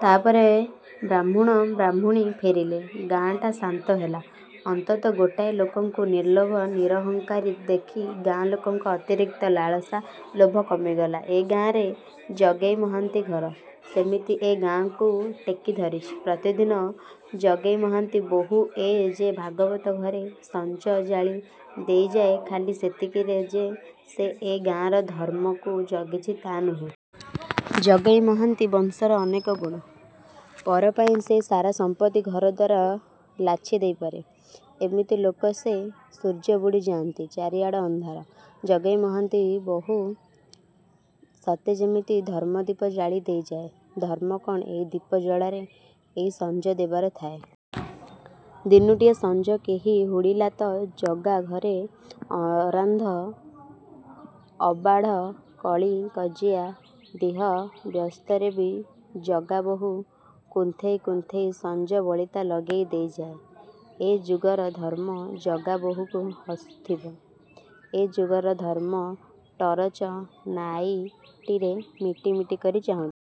ତା'ପରେ ବାହ୍ମୁଣ ବାହ୍ମୁଣୀ ଫେରିଲେ, ଗାଁଟା ଶାନ୍ତ ହେଲା। ଅନ୍ତତଃ ଗୋଟାଏ ଲୋକକୁ ନିର୍ଲୋଭ ନିରହଙ୍କାରୀ ଦେଖି ଗାଁ ଲୋକଙ୍କ ଅତିରିକ୍ତ ଲାଳସା, ଲୋଭ କମିଗଲା-। ଏଗାଁରେ ଜଗେଇ ମହାନ୍ତି ଘର ସେମିତି–ଏ–ଗାଁଟାକୁ ଟେକି ଧରିଚି। ପ୍ରତିଦିନ ଜଗେଇ ମହାନ୍ତି ବହୂ ଏ ଯେ ଭାଗବତ ଘରେ ସଞ୍ଜ ଜାଳି ଦେଇଯାଏ ଖାଲି, ସେତିକିରେ ଯେ ସେ ଏ ଗାଁର ଧର୍ମକୁ ଜଗିଛି, ତା' ନୁହେଁ। ଜଗେଇ ମହାନ୍ତି ବଂଶର ଅନେକ ଗୁଣ। ପରପାଇଁ ସେ ସାରା ସମ୍ପତ୍ତି ଘର ଦ୍ୱାର ଲାଛି ଦେଇପାରେ। ଏମିତି ଲୋକ ସେ। ସୂର୍ଯ୍ୟ ବୁଡ଼ି ଯାଆନ୍ତି। ଚାରିଆଡ଼ ଅନ୍ଧାର। ଜଗେଇ ମହାନ୍ତି ବହୂ ସତେ ଯେମିତି ଧର୍ମଦୀପ ଜାଳି ଦେଇଯାଏ। ଧର୍ମ କ'ଣ ଏଇ ଦୀପ ଜଳାରେ–ଏଇ ସଞ୍ଜ ଦେବାରେ ଥାଏ? ଦିନୁଟିଏ ସଞ୍ଜ କେହି ହୁଡ଼ିଲା ତ ଜଗା ଘରେ ଅରାନ୍ଧ ଅବାଢ଼, କଳି କଜିଆ। ଦିହ ବ୍ୟସ୍ତରେବି ଜଗାବୋହୂ କୁନ୍ଥେଇ କୁନ୍ଥେଇ ସଞ୍ଜ ବଳିତା ଲଗେଇ ଦେଇଯାଏ। ଏ ଯୁଗର ଧର୍ମ ଜଗାବୋହୂକୁ ହସୁଥିବ। ଏ ଯୁଗର ଧର୍ମ ଟରଚ ନାଇଟିରେ ମିଟିମିଟି କରି ଚାହୁଁଥିବ।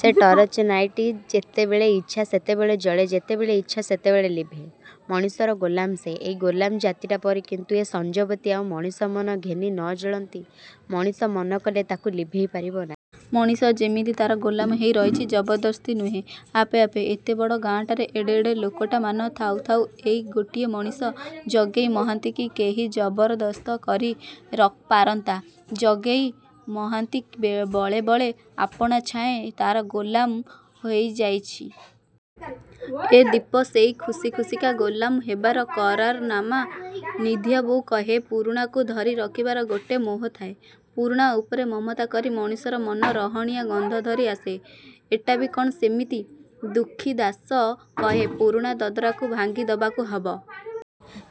ସେ ଟରଚନାଇଟି ଯେତେବେଳେ ଇଚ୍ଛା ସେତେବେଳେ ଜଳେ ଯେତେବେଳେ ଇଚ୍ଛା ସେତେବେଳେ ନିଭେ। ମଣିଷର ଗୋଲାମ ସେ। ଏଇ ଗୋଲାମ ଜାତିଟା ପରି। କିନ୍ତୁ ଏ ସଞ୍ଜ ବତି ଆଉ ମଣିଷ ମନ ଘେନି ନ ଜଳନ୍ତି। ମଣିଷ ମନ କଲେ ତାକୁ ଲିଭେଇ ପାରିବ ନାହିଁ। ମଣିଷ ଯେମିତି ତା'ର ଗୋଲାମ ହେଇ ରହିଛି–ଜବରଦସ୍ତି ନୁହେଁ–ଆପେ ଆପେ। ଏତେବଡ଼ ଗାଁଟାରେ ଏଡ଼େ ଏଡ଼େ ଲୋକଟାମାନ ଥାଉ ଥାଉ ଏଇ ଗୋଟିଏ ମଣିଷ ଜଗେଇ ମହାନ୍ତି କି କେହି ଜବରଦସ୍ତ କରି ରଖି ପାରନ୍ତା? ଜଗେଇ। ମହାନ୍ତି ବଳେ ବଳେ ଆପଣାଛାଏଁ ତା'ର ଗୋଲାମ ହେଇଯାଇଚି। ଏ ଦୀପ ସେଇ ଖୁସି ଖୁସିକା ଗୋଲାମ ହେବାର କରାରନାମା। ନିଧିଆ ବୋଉ କହେ–ପୁରୁଣାକୁ ଧରି ରଖିବାର ଗୋଟେ ମୋହ ଥାଏ। ପୁରୁଣା ଉପରେ ମମତା କରି ମଣିଷର ମନ ରହଣିଆ ଗନ୍ଧ ଧରି ଆସେ। ଏଟାବି କ'ଣ ସେମିତି? ଦୁଃଖୀଦାଶ କହେ–ପୁରୁଣା ଦଦରାକୁ ଭାଙ୍ଗି ଦବାକୁ ହବ।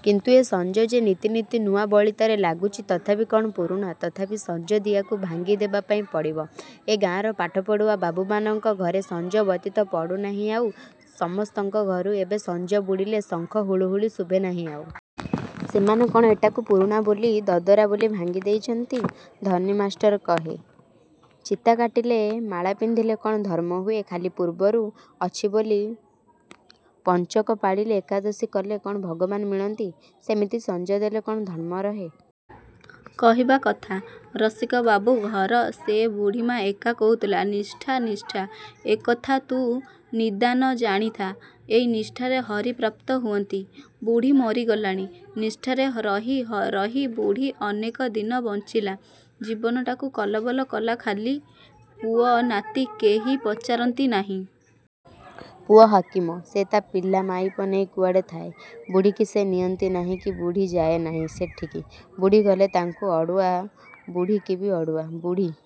କିନ୍ତୁ ଏ ସଞ୍ଜ ଯେ ନିତି ନିତି ନୂଆ ବଳିତାରେ ଲାଗୁଚି–ତଥାପି କ'ଣ ପୁରୁଣା? ତଥାପି ସଞ୍ଜ ଦିଆକୁ ଭାଙ୍ଗି ଦେବାପାଇଁ ପଡ଼ିବ-? ଏ ଗାଁର ପାଠପଢ଼ୁଆ ବାବୁମାନଙ୍କ ଘରେ ସଞ୍ଜ ବତି ତ ପଡ଼ୁ ନାହିଁ ଆଉ। ସମସ୍ତଙ୍କ ଘରୁ ଏବେ ସଞ୍ଜ ବୁଡ଼ିଲେ ଶଙ୍ଖ ହୁଳହୁଳି ଶୁଭେ ନାହିଁ ଆଉ। ସେମାନେ କ'ଣ ଏଟାକୁ ପୁରୁଣା ବୋଲି, ଦଦରା ବୋଲି ଭାଙ୍ଗି ଦେଇଚନ୍ତି? ଧନୀ ମାଷ୍ଟର କହେ–ଚିତାକାଟିଲେ, ମାଳା ପିନ୍ଧିଲେ, କ'ଣ ଧର୍ମ ହୁଏ? ଖାଲି ପୂର୍ବରୁ ଅଛି ବୋଲି ପଞ୍ଚକ ପାଳିଲେ, ଏକାଦଶୀ କଲେ କ'ଣ ଭଗବାନ୍ ମିଳନ୍ତି? ସେମିତି ସଞ୍ଜ ଦେଲେ କ'ଣ ଧର୍ମ ରହେ? କହିବା କଥା। ରସିକବାବୁ ଘର ସେ ବୁଢ଼ୀମା ଏକା କହୁଥିଲା–''ନିଷ୍ଠା–ନିଷ୍ଠା–ଏ କଥା ତୁ ନିଦାନ ଜାଣିଥା–ଏଇ ନିଷ୍ଠାରେ ହରି ପ୍ରାପ୍ତ ହୁଅନ୍ତି। '' ବୁଢ଼ୀ ମରିଗଲାଣି। ନିଷ୍ଠାରେ ରହି ରହି ବୁଢ଼ୀ ଅନେକ ଦିନ ବଞ୍ଚିଲା–ଜୀବନଟାକୁ କଲବଲ କଲା ଖାଲି। ପୁଅ ନାତି କେହି ପଚାରନ୍ତି ନାହିଁ। ପୁଅ ହାକିମ। ସେ ତା' ପିଲାମାଇପ ନେଇ କୁଆଡ଼େ ଥାଏ। ବୁଢ଼ୀକି ସେ ନିଅନ୍ତି ନାହିଁ କି ବୁଢ଼ୀ ଯାଏଁ ନାହିଁ ସେଠିକି। ବୁଢ଼ୀ ଗଲେ ତାଙ୍କୁ ଅଡ଼ୁଆ, ବୁଢ଼ୀକିବି ଅଡ଼ୁଆ। ବୁଢ଼ୀ